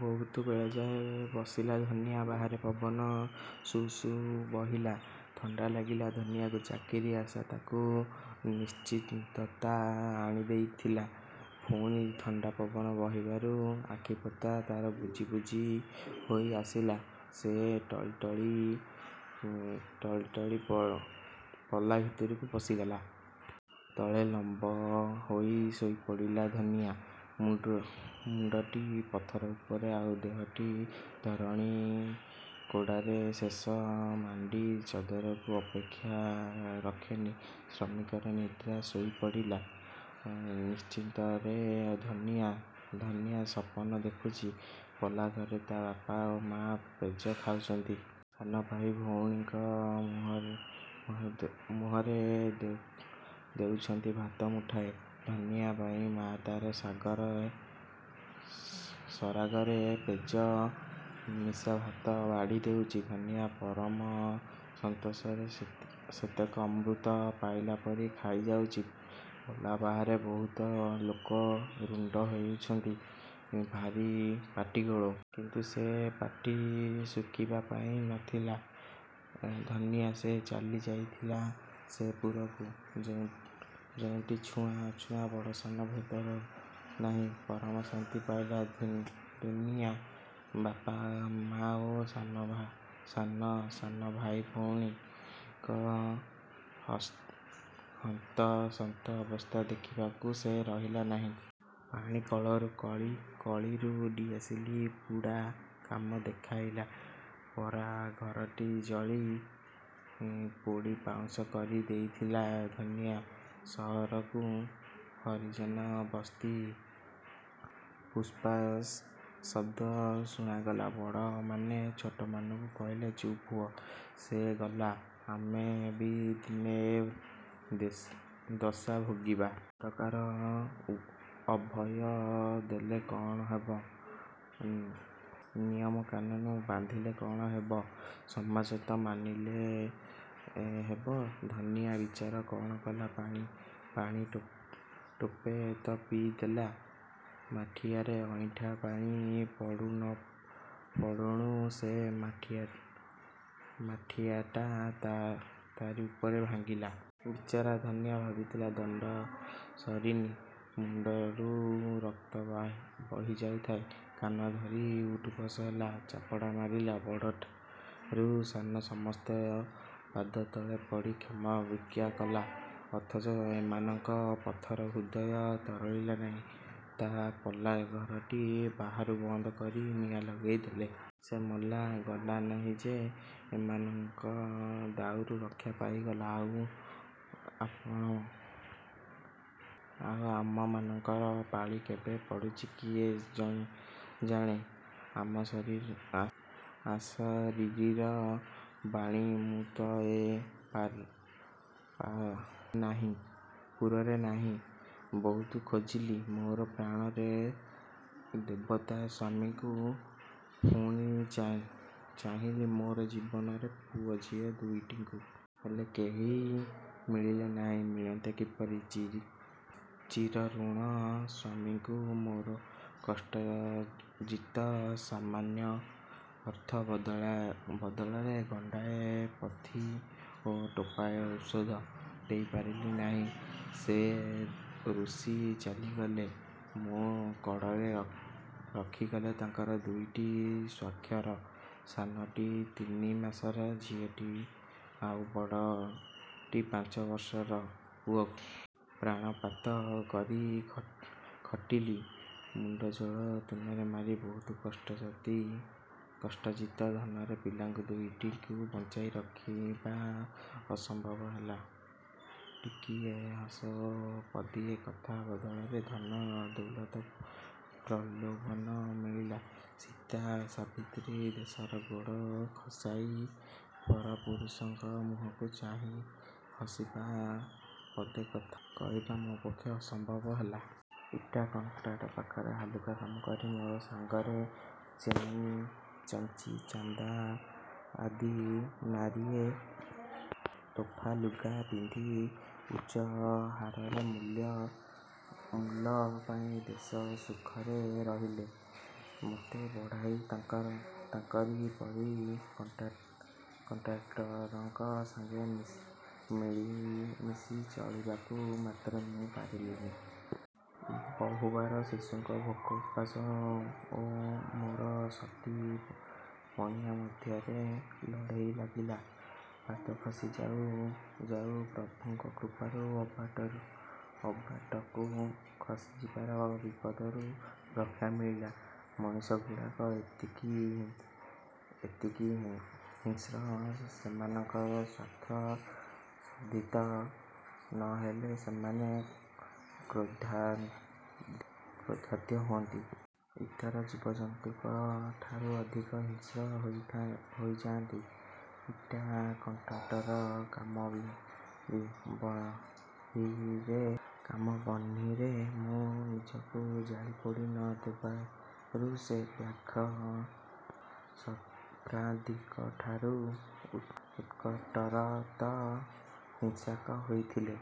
ବହୁତ ବେଳଯାଏ ବସିଲା ଧନିଆ ବାହାରେ। ପବନ ସୁସୁ ବହିଲା। ଥଣ୍ତା ଲାଗିଲା ଧନିଆକୁ। ଚାକିରୀ ଆଶା ତାକୁ ନିଶ୍ଚିନ୍ତତା ଆଣି ଦେଇଥିଲା। ପୁଣି ଥଣ୍ତା ପବନ ବହିବାରୁ ଆଖିପତା ତାର ବୁଜି ବୁଜି ହୋଇ ଆସିଲ। ସେ ଟଳି ଟଳି ପଲା ଭିତରକୁ ପଶିଗଲା। ତଳେ ଲମ୍ବ ହୋଇ ଶୋଇପଡ଼ିଲା ଧନିଆ। ମୁଣ୍ତଟି ପଥର ଉପରେ ଆଉ ଦେହଟି ଧରଣୀର କୋଡ଼ରେ। ଶେଯ, ମାଣ୍ତି, ଚଦରକୁ ଅପେକ୍ଷା ରଖେନି ଶ୍ରମିକର ନିଦ୍ରା। ଶୋଇପଡ଼ିଲା ନିଶ୍ଚିନ୍ତରେ ଧନିଆ। ଧନିଆ ସପନ ଦେଖୁଚି। ପଲା ଘରେ ତା ବାପ ଓ ମା ପେଜ ଖାଉଚନ୍ତି। ସାନ ଭାଇ ଭଉଣୀଙ୍କ ମୁହଁରେ ଦେଉଛନ୍ତି ଭାତ ମୁଠିଏ। ଧନିଆ ପାଇଁ ମା ତାର ସରାଗରେ ପେଜ ମିଶା ଭାତ ବାଢ଼ି ଦେଉଚି। ଧନିଆ ପରମ ସନ୍ତୋଷରେ ସେତକ ଅମୃତ ପାଇଲା ପରି ଖାଇଯାଉଚି। ପଲା ବାହାରେ ବହୁତ ଲୋକ ରୁଣ୍ତ, ହେଇଛନ୍ତି, ଭାରି ପାଟିଗୋଳ। କିନ୍ତୁ ସେ ପାଟି ଶୁଖିବା ପାଇଁ ନ ଥିଲା ଧନିଆ। ସେ ଚାଲି ଯାଇଥିଲା ସେ ପୁରକୁ ଯେଉଁଠି ଛୁଆଁ ଅଛୁଆଁ ବଡ଼ ସାନ ଭେଦ ନାହିଁ। ପରମ ଶାନ୍ତି ପାଇଲା ଧୁନିଆଁ। ବାପ, ମା ଓ। ସାନ ସାନ ଭାଇ ଭଉଣୀଙ୍କ ହନ୍ତସନ୍ତ ଅବସ୍ଥା ଦଖିବାକୁ ସେ ରହିଲା ନାହିଁ। ପାଣିକଳରୁ କଳି, କଳିରୁ ଡିଆସିଲି ପୁଡ଼ା କାମ ଦେଖାଇଲା। ପରା ଘରଟି ଜଳି, ପୋଡ଼ି ପାଉଁଶ କରି ଦେଇଥିଲା ଧନିଆ ସଅରକୁ। ହରିଜନ ବସ୍ତିରେ ଫୁସ୍ଫାସ୍ ଶବ୍ଦ ଶୁଣାଗଲା। ବଡ଼ମାନେ ଛୋଟମାନଙ୍କୁ କହିଲେ ଚୁପ୍ ହୁଅ। ସେ ଗଲା, ଆମେ ବି ଦିନେ ଏ ଦଶା ଭୋଗିବା। ସରକାର ଅଭୟ ଦେଲେ କଅଣ ହେବ, ନିୟମକାନୁନ ବାନ୍ଧିଲେ କ'ଣ ହେବ ହେ। ସମାଜ ତ ମାନିଲେ ହେବ! ଧନିଆ ବିଚାରା କ'ଣ କଲା? ପାଣି ଟୋପେ ତ ପିଇ ଦେଲା। ମାଠିଆରେ ଅଇଁଠା ପାଣି ପଡ଼ୁ ନ ପଡ଼ୁଣୁ ସେହି ମାଠିଆଟା ତାରି ଉପରେ ଭାଙ୍ଗିଲା। ବିଚରା ଧନିଆ ଭାବିଥିଲା ଦଣ୍ତ ସରିନି। ମୁଣ୍ତରୁ ରକ୍ତ ବହି ଯାଉଥାଏ। କାନ ଧରି ଉଠୁ ବସ ହେଲା। ଚାପଡ଼ା ମାରି ହେଲା। ବଡ଼ଠାରୁ ସାନ ସମସ୍ତଙ୍କ ପାଦ ତଳେ ପଡ଼ି କ୍ଷମା ଭିକ୍ଷା କଲା; ଅଥଚ ଏମାନଙ୍କ ପଥର ହୃଦୟ ତରଳିଲା ନାହିଁ। ତା ପଲା ଘରଟି ବାହାରୁ ବନ୍ଦ କରି ନିଆଁ ଲଗାଇ ଦେଲେ। ସେ ମଲା, ଗଲା ନାହିଁ ଯେ ଏମାନଙ୍କ ଦାଉରୁ ରକ୍ଷା ପାଇଗଲା। ଆଉ ଆମମାନଙ୍କର ପାଳି କେବେ ପଡ଼ୁଚି କିଏ ଜାଣେ? ଅଶରୀରୀର ବାଣୀ ମୁଁ ତ ଏ ପୁରରେ ନାହିଁ। ବହୁତ ଖୋଜିଲି, ମୋର ପ୍ରାଣରେ ଦେବତା—ସ୍ୱାମୀଙ୍କୁ। ପୁଣି ଚାହିଁଲି ମୋର ଜୀବନର ପୁଅଝିଅ ଦୁଇଟିଙ୍କୁ। ହେଲେ କେହି ମିଳିଲେ ନାହିଁ। ମିଳନ୍ତେ କିପରି? ଚିର ରୁଗ୍ଣ ସ୍ୱାମୀଙ୍କୁ ମୋର କଷ୍ଟାର୍ଜିତ ସାମାନ୍ୟ ଅର୍ଥ ବଦଳରେ ଗଣ୍ତାଏ ପଥି ଓ ଟୋପାଏ ଔଷଧ ଦେଇପାରିଲି ନାହିଁ। ସେ ରୁଷି ଚାଲିଗଲେ। ମୋ କଡ଼ରେ ରଖିଗଲେ ତାଙ୍କର ଦୁଇଟି ସ୍ୱାକ୍ଷର। ସାନଟି ତିନି ମାସର ଝିଅ ଆଉ ବଡ଼ଟି ପାଞ୍ଚ ବର୍ଷର ପୁଅ। ପ୍ରାଣପାତ କରି ଖଟିଲି। ମୁଣ୍ତଝାଳ ତୁଣ୍ତରେ ମାରି ବହୁ କଷ୍ଟାର୍ଜିତ ଧନରେ ପିଲା ଦୁଇଟିଙ୍କୁ ବଞ୍ଚାଇ ରଖିବା ଅସମ୍ଭବ ହେଲା। ଟିକିଏ ହସ ଓ ପଦିଏ କଥା ବଦଳରେ ଧନ ଦୌଲତର ପ୍ରଲୋଭନ ମିଳିଲା। ସୀତା, ସାବିତ୍ରୀ ଦେଶରେ ଗୋଡ଼ ଖସାଇ ପର ପୁରୁଷଙ୍କ ମୁହଁକୁ ଚାହିଁ ହସିବା ବା ପଦେ କଥା କହିବା ମୋ ପକ୍ଷେ ଅସମ୍ଭବ ହେଲା। ଇଟା କଣ୍ଟ୍ରାକ୍ଟର ପାଖରେ ହାଲୁକା କାମ କରି ମୋରି ସାଙ୍ଗରେ ଚେମି, ଚଞ୍ଚି, ଚାନ୍ଦ, ଆଦି ନାରୀଏ ତୋଫାଲୁଗା ପିନ୍ଧି ଉଚ୍ଚ ହାରର ମୂଲ ପାଇଁ ଦେଶ ସୁଖରେ ରହିଲେ। ମୋତେ ବଢ଼ାଇଲେ ତାଙ୍କରି ପରି କଣ୍ଟ୍ରାକ୍ଟରଙ୍କ ସଙ୍ଗେ ମିଳିମିଶି ଚଳିବାକୁ। ମାତ୍ର ମୁଁ ପାରିଲିନି। ବହୁବାର ଶିଶୁଙ୍କ ଭୋକ ଉପାସ ଓ ମୋର ସତୀ ପଣିଆ ମଧ୍ୟରେ ଲଢ଼େଇ ଲାଗିଲା। ପାଦ ଖସି ଯାଉ ଯାଉ ପ୍ରଭୁଙ୍କ କୃପାରୁ ଅବାଟକୁ ଖସିଯିବାର ବିପଦରୁ ରକ୍ଷା ମିଳିଯାଏ। ମଣିଷଗୁଡ଼ାକ ଏତିକି ହିଂସ୍ର! ସେମାନଙ୍କ ସ୍ୱାର୍ଥ ସାଧିତ ନ ହେଲେ ସେମାନେ କ୍ରୋଧାନ୍ଧ ହୁଅନ୍ତି। ଇତର ଜୀବଜନ୍ତୁଙ୍କ ଠାରୁ ଅଧିକ ହିଂସ୍ର ହୋଇଯାଆନ୍ତି। ଇଟା କଣ୍ଟ୍ରାକ୍ଟରର କାମବହ୍ନିରେ ମୁଁ ନିଜକୁ ଜାଳିପୋଡ଼ି ନ ଦେବାରୁ ସେ ବ୍ୟାଘ୍ର ସର୍ପାଦିଙ୍କଠାରୁ ଉତ୍କଟତର ହିଂସକା ହୋଇଥିଲେ।